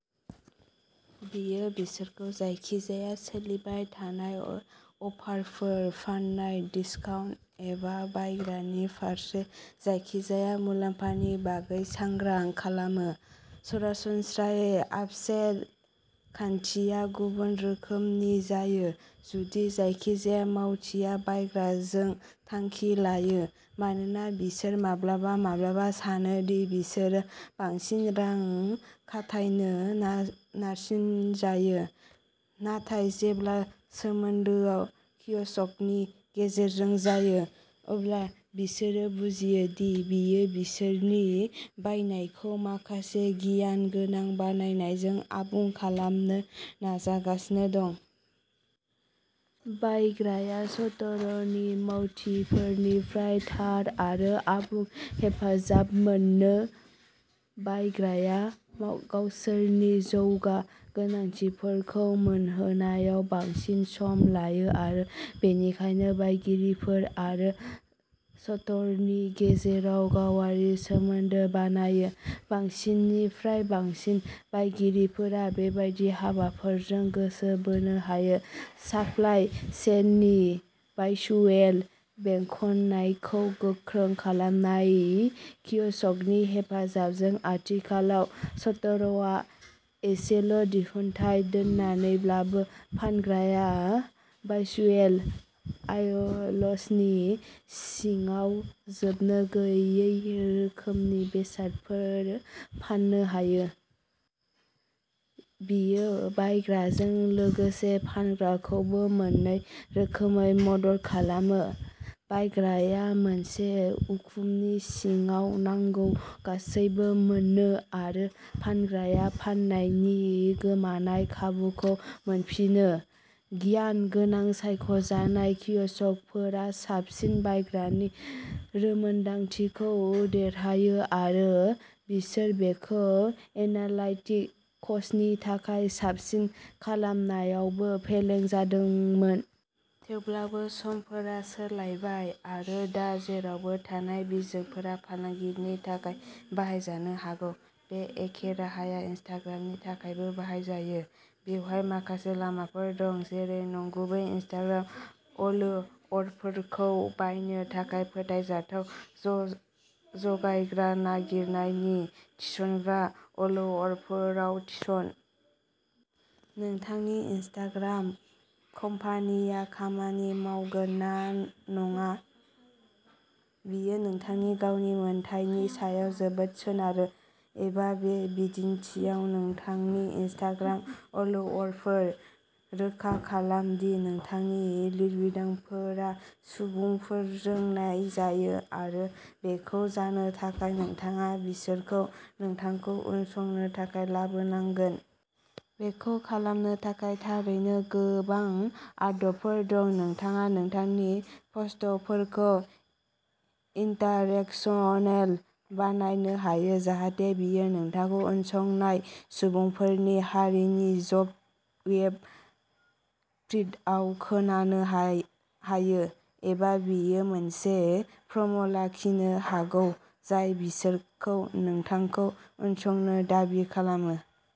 बेयो बिसोरखौ जायखिजाया सोलिबाय थानाय अफारफोर, फान्नाय, दिसकाउन्ट एबा बायग्रानि फारसे जायखिजाया मुलाम्फानि बागै सांग्रां खालामो। सरासनस्रायै आपसेल खान्थिया गुबुन रोखोमनि जायो, जुदि जायखिजाया मावथिआ बायग्राजों थांखि लायो, मानोना बिसोर माब्लाबा-माब्लाबा सानो दि बिसोरो बांसिन रां खाथायनो नारसिनजायो, नाथाय जेब्ला सोमोन्दोआ कियस्कनि गेजेरजों जायो, अब्ला बिसोरो बुजियो दि बेयो बिसोरनि बायनायखौ माखासे गियान गोनां बायनायजों आबुं खालामनो नाजागासिनो दं। बायग्राया स्ट'रनि मावथिफोरनिफ्राय थार आरो आबुं हेफाजाब मोनो-बायग्राया गावसोरनि जौगा गोनांथिफोरखौ मोनहोनायाव बांसिन सम लायो आरो बेनिखायनो बायगिरिफोर आरो स्ट'रनि गेजेराव गावारि सोमोन्दो बानायो। बांसिननिफ्राय बांसिन बायगिरिफोरा बेबादि हाबाफोरजों गोसो बोनो हायो। साप्लाइ चेननि भार्च्युएल बेखेवनायखौ गोख्रों खालामनाय-कियस्कनि हेफाजाबजों आथिखालाव स्ट'रआव एसेल'दिहुनथाय दोननानैब्लाबो, फानग्राया भार्च्युएल आयल्सनि सिङाव जोबनोगैयै रोखोमनि बेसादफोर फाननो हायो। बेयो बायग्राजों लोगोसे फानग्राखौबो मोन्नै रोखोमै मदद खालामो। बायग्राया मोनसे उखुमनि सिङाव नांगौ गासैबो मोनो आरो फानग्राया फान्नायनि गोमानाय खाबुखौ मोनफिनो। गियान गोनां सायख'जानाय कियस्कफोरा साबसिन बायग्रानि रोंमोनदांथिखौ देरहायो आरो। बिसोर बेखौ एनालाइटिक्सनि थाखाय साबसिन खालामनायावबो फेलें जादोंमोन। थेवब्लाबो, समफोरा सोलायबाय, आरो दा जेरावबो थानाय बिजोंफोरा फालांगिनि थाखाय बाहायजानो हागौ, बे एखे राहाया इनस्टाग्रामनि थाखायबो बाहायजायो। बेवहाय माखासे लामाफोर दङ, जेरै नंगुबै इनस्टाग्राम फलोअरफोरखौ बायनो थाखाय फोथायजाथाव जगायग्रा नागिरनायनि। थिसनग्रा फलोअरफोराव थिसन। नोंथांनि इनस्टाग्राम कम्पानिया खामानि मावगोन ना नङा, बेयो नोंथांनि गावनि मोनथायनि सायाव जोबोद सोनारो, एबा बे बिदिन्थिआव, नोंथांनि इनस्टाग्राम फलोअरफोर। रोखा खालाम दि नोंथांनि लिरबिदांफोरा सुबुंफोरजों नायजायो, आरो बेखौ जानो थाखाय, नोंथाङा बिसोरखौ नोंथांखौ उनसंनो थाखाय लाबोनांगोन। बेखौ खालामनो थाखाय थारैनो गोबां आदबफोर दं-नोंथाङा नोंथांनि पस्टफोरखौ इन्टारेक्शनल बानायनो हायो जाहाथे बेयो नोंथांखौ उनसंनाय सुबुंफोरनि हारिनि जब वेब फीडआव खोनानो हायो, एबा बेयो मोनसे प्रम'लाखिनो हागौ जाय बिसोरखौ नोंथांखौ उनसंनो दाबि खालामो।